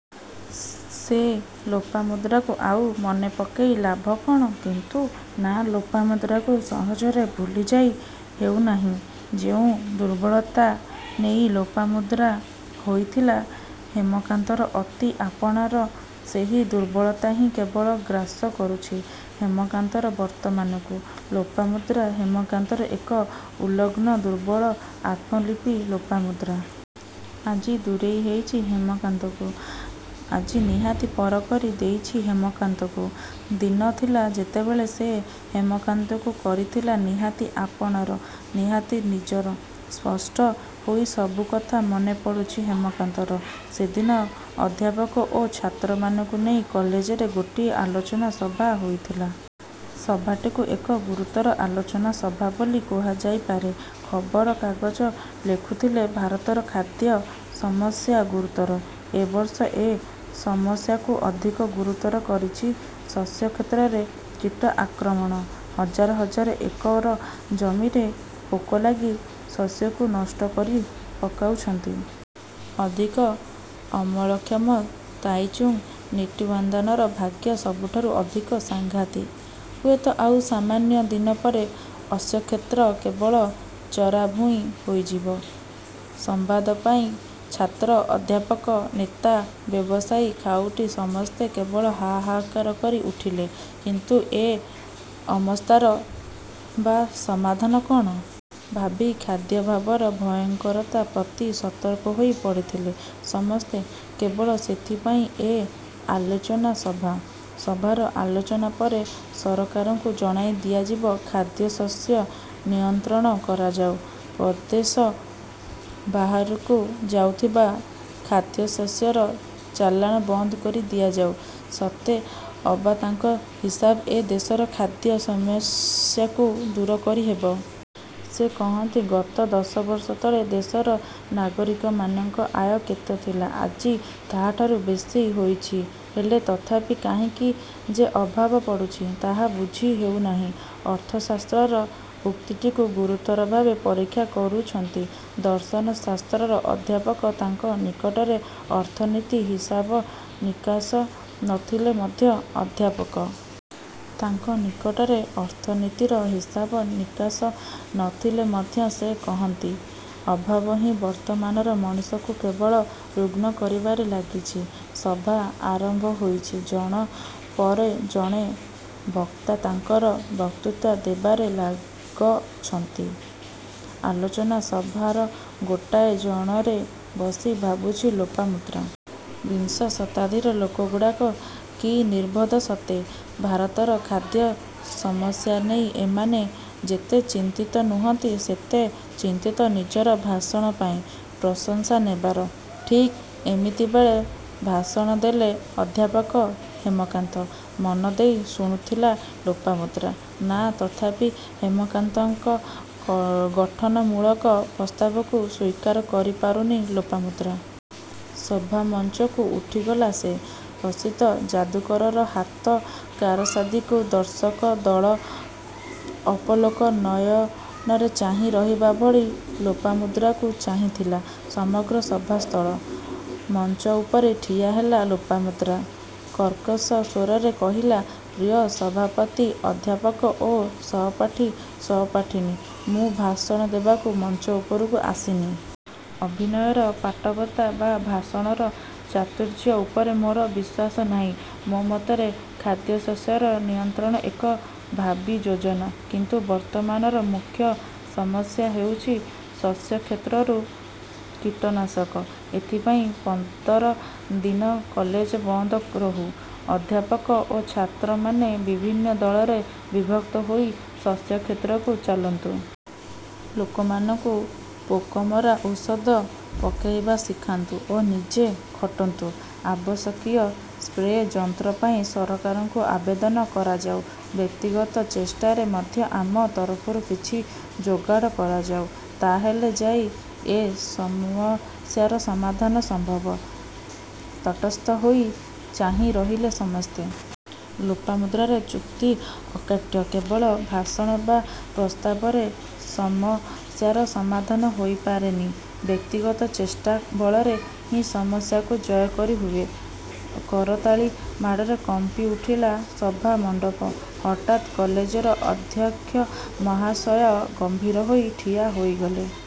ସେ ଲୋପାମୁଦ୍ରାକୁ ଆଉ ମନେ ପକାଇ ଲାଭ କ'ଣ? କିନ୍ତୁ। ନାଁ ଲୋପାମୁଦ୍ରାକୁ ସହଜରେ ଭୁଲିଯାଇ ହେଉନାହିଁ। ଯେଉଁ ଦୁର୍ବଳତା ନେଇ ଲୋପାମୁଦ୍ରା ହୋଇଥିଲା ହେମକାନ୍ତର ଅତି ଆପଣାର-ସେହି ଦୁର୍ବଳତା ହିଁ କେବଳ ଗ୍ରାସ କରୁଛି ହେମକାନ୍ତର ବର୍ତ୍ତମାନକୁ। ଲୋପାମୁଦ୍ରା ହେମକାନ୍ତର ଏକ ଉଲଗ୍ନ ଦୁର୍ବଳ ଆତ୍ମଲିପି ଲୋପାମୁଦ୍ରା। ଆଜି ଦୂରେଇ ଦେଇଛି ହେମକାନ୍ତକୁ। ଆଜି ନିହାତି ପର କରି ଦେଇଛି ହେମକାନ୍ତକୁ। ଦିନ ଥିଲା-ଯେତେବେଳେ ସେ ହେମକାନ୍ତକୁ କରିଥିଲା ନିହାତି ଆପଣାର ନିହାତି ନିଜର। ସ୍ପଷ୍ଟ ହୋଇ ସବୁକଥା ମନେପଡ଼ୁଛି ହେମକାନ୍ତର। ସେଦିନ ଅଧ୍ୟାପକ ଓ ଛାତ୍ରମାନଙ୍କୁ ନେଇ କଲେଜରେ ଗୋଟିଏ ଆଲୋଚନା ସଭା ହୋଇଥିଲା। ସଭାଟିକୁ ଏକ ଗୁରୁତର ଆଲୋଚନା ସଭା ବୋଲି କୁହାଯାଇପାରେ। ଖବର କାଗଜ ଲେଖୁଥିଲେ-ଭାରତର ଖାଦ୍ୟ ସମସ୍ୟା ଗୁରୁତର। ଏ ବର୍ଷ ଏ ସମସ୍ୟାକୁ ଅଧିକ ଗୁରୁତର କରିଛି ଶସ୍ୟ କ୍ଷେତ୍ରରେ କୀଟ ଆକ୍ରମଣ। ହଜାର ହଜାର ଏକର ଜମିରେ ପୋକ ଲାଗି ଶସ୍ୟକୁ ନଷ୍ଟ କରି ପକାଉଛନ୍ତି। ଅଧିକ ଅମଳକ୍ଷମ ତାଇଚୁଙ୍ଗ୍ ନେଟିଭ୍ୱାନ୍ଧାନର ଭାଗ୍ୟ ସବୁଠାରୁ ଅଧିକ ସାଂଘାତିକ୍। ହୁଏତ ଆଉ ସାମାନ୍ୟ ଦିନ ପରେ ଶସ୍ୟକ୍ଷେତ୍ର କେବଳ ଚରାଭୂଇଁ ହୋଇଯିବ। ସମ୍ବାଦ ପାଇ ଛାତ୍ର, ଅଧ୍ୟାପକ, ନେତା, ବ୍ୟବସାୟୀ, ଖାଉଟୀ, ସମସ୍ତେ କେବଳ ହା-ହା-କାର କରି ଉଠିଲେ। କିନ୍ତୁ ଏ ଅମସ୍ଥାର ବା ସମାଧାନ କ'ଣ? ଭାବୀ ଖାଦ୍ୟାଭାବର ଭୟଙ୍କରତା ପ୍ରତି ସତର୍କ ହୋଇ ପଡ଼ିଥିଲେ ସମସ୍ତେ। କେବଳ ସେଇଥିପାଇଁ ଏ ଆଲେଚନା ସଭା-। ସଭାର ଆଲୋଚନା ପରେ ସରକାରଙ୍କୁ ଜଣାଇ ଦିଆଯିବ-ଖାଦ୍ୟଶସ୍ୟ ନିୟନ୍ତ୍ରଣ କରାଯାଉ। ପ୍ରଦେଶ ବାହାରକୁ ଯାଉଥିବା ଖାଦ୍ୟଶସ୍ୟର ଚାଲାଣ ବନ୍ଦ କରି ଦିଆଯାଉ। ସତେ ଅବା ତାଙ୍କ ହିସାବ ଏ ଦେଶର ଖାଦ୍ୟ ସମସ୍ୟାକୁ ଦୂର କରି ଦେବ। ସେ କହନ୍ତି ଗତ ଦଶ ବର୍ଷ ତଳେ ଦେଶର ନାଗରିକମାନଙ୍କ ଆୟ ଯେତେ ଥିଲା, ଆଜି ତାହାଠାରୁ ବେଶୀ ହୋଇଛି। ହେଲେ ତଥାପି କାହିଁକି ଯେ ଅଭାବ ପଡ଼ୁଛି-ତାହା ବୁଝି ହେଉନାହିଁ। ଅର୍ଥଶାସ୍ତ୍ରର ଉକ୍ତିଟିକୁ ଗୁରୁତର ଭାବେ ପରୀକ୍ଷା କରୁଛନ୍ତି ଦର୍ଶନ ଶାସ୍ତ୍ରର ଅଧ୍ୟାପକ। ତାଙ୍କ ନିକଟରେ ଅର୍ଥନୀତିୀ ହିସାବ ନିକାସ ନ ଥିଲେ ମଧ୍ୟ ଅଧ୍ୟାପକ। ତାଙ୍କ ନିକଟରେ ଅର୍ଥନୀତିର ହିସାବ ନିକାସ ନ ଥିଲେ ମଧ୍ୟ ସେ କହନ୍ତି ଅଭାବ ହିଁ ବର୍ତ୍ତମାନର ମଣିଷକୁ କେବଳ ରୁଗ୍ଣ କରିବାରେ ଲାଗିଛି। ସଭା ଆରମ୍ଭ ହୋଇଛି ଜଣ ପରେ ଜଣେ ବକ୍ତା ତାଙ୍କର ବକ୍ତୃତା ଦେବାରେ ଲାଗଛନ୍ତି ଆଲୋଚନା ସଭାର ଗୋଟାଏ ଜଣରେ ବସି ଭାବୁଛି ଲୋପାମୁଦ୍ରା। ''ବିଂଶ ଶତାବ୍ଦୀର ଲୋକଗୁଡ଼ାକ କି ନିର୍ବୋଧ ସତେ! ଭାରତର ଖାଦ୍ୟ ସମସ୍ୟା ନେଇ ଏମାନେ ଯେତେ ଚିନ୍ତିତ ନୁହଁନ୍ତି ସେତେ ଚିନ୍ତିତ ନିଜର ଭାଷଣ ପାଇଁ ପ୍ରଶଂସା ନେବାର। '' ଠିକ୍ ଏମିତିବେଳେ ଭାଷଣ ଦେଲେ ଅଧ୍ୟାପକ ହେମକାନ୍ତ। ମନ ଦେଇ ଶୁଣୁଥିଲା ଲୋପାମୁଦ୍ରା। ନାଁ ତଥାପି ହେମକାନ୍ତଙ୍କ ଗଠନମୂଳକ ପ୍ରସ୍ତାବକୁ ସ୍ୱୀକାର କରିପାରୁନି ଲୋପାମୁଦ୍ରା। ସଭାମଞ୍ଚକୁ ଉଠିଗଲା ସେ। ପ୍ରସିଦ୍ଧ ଯାଦୁକରର ହାତ କାରସାଦିକୁ ଦର୍ଶକ ଦଳ ଅପଲକ ନୟନରେ ଚାହିଁ ରହିବା ଭଳି ଲୋପାମୁଦ୍ରାକୁ ଚାହିଁଥିଲା ସମଗ୍ର ସଭାସ୍ଥଳ। ମଞ୍ଚଉପରେ ଠିଆ ହେଲା ଲୋପାମୁଦ୍ରା। କର୍କଶ ସ୍ୱରରେ କହିଲା-''ପ୍ରିୟ ସଭାପତି, ଅଧ୍ୟାପକ ଓ ସହପାଠୀ, ସହପାଠିନୀ। ମୁଁ ଭାଷଣ ଦେବାକୁ ମଞ୍ଚ ଉପରକୁ ଆସିନି। ଅଭିନୟର ପାଟବତା ବା ଭାଷଣର ଚାତୁର୍ଯ୍ୟ ଉପରେ ମୋର ବିଶ୍ୱାସ ନାହିଁ। ମୋ ମତରେ ଖାଦ୍ୟଶସ୍ୟର ନିୟନ୍ତ୍ରଣ ଏକ ଭାବୀ ଯୋଜନା। କିନ୍ତୁ ବର୍ତ୍ତମାନର ମୁଖ୍ୟ ସମସ୍ୟା ହେଉଛି ଶସ୍ୟକ୍ଷେତ୍ରରୁ କୀଟନାଶନ। ଏଥିପାଇଁ ପନ୍ଦର ଦିନ କଲେଜ ବନ୍ଦ ରହୁ। ଅଧ୍ୟାପକ ଓ ଛାତ୍ରମାନେ ବିଭିନ୍ନ ଦଳରେ ବିଭକ୍ତ ହୋଇ ଶସ୍ୟକ୍ଷେତ୍ରକୁ ଚାଲନ୍ତୁ। ଲୋକମାନଙ୍କୁ ପୋକମରା ଔଷଧ ପକାଇବା ଶିଖାନ୍ତୁ ଓ ନିଜେ ଖଟନ୍ତୁ। ଆବଶ୍ୟକୀୟ ସ୍ପ୍ରେ ଯନ୍ତ୍ରପାଇଁ ସରକାରଙ୍କୁ ଆବେଦନ କରାଯାଉ। ବ୍ୟକ୍ତିଗତ ଚେଷ୍ଟାରେ ମଧ୍ୟ ଆମ ତରଫରୁ କିଛି ଯୋଗାଡ଼ କରାଯାଉ। ତା' ହେଲେ ଯାଇ ଏ ସମସ୍ୟାର ସମାଧାନ ସମ୍ଭବ। '' ତଟସ୍ଥ ହୋଇ ଚାହିଁ ରହିଲେ ସମସ୍ତେ। ଲୋପାମୁଦ୍ରାର ଯୁକ୍ତି ଅକାଟ୍ୟ। କେବଳ ଭାଷଣ ବା ପ୍ରସ୍ତାବରେ ସମସ୍ୟାର ସମାଧାନ ହୋଇପାରେନି। ବ୍ୟକ୍ତିଗତ ଚେଷ୍ଟା ବଳରେ ହିଁ ସମସ୍ୟାକୁ ଜୟ କରି ହୁଏ। କରତାଳି ମାଡ଼ରେ କମ୍ପିଉଠିଲା ସଭା ମଣ୍ଡପ। ହଠାତ୍ କଲେଜର ଅଧ୍ୟକ୍ଷ ମହାଶୟ ଗମ୍ଭୀର ହୋଇ ଠିଆ ହୋଇଗଲେ।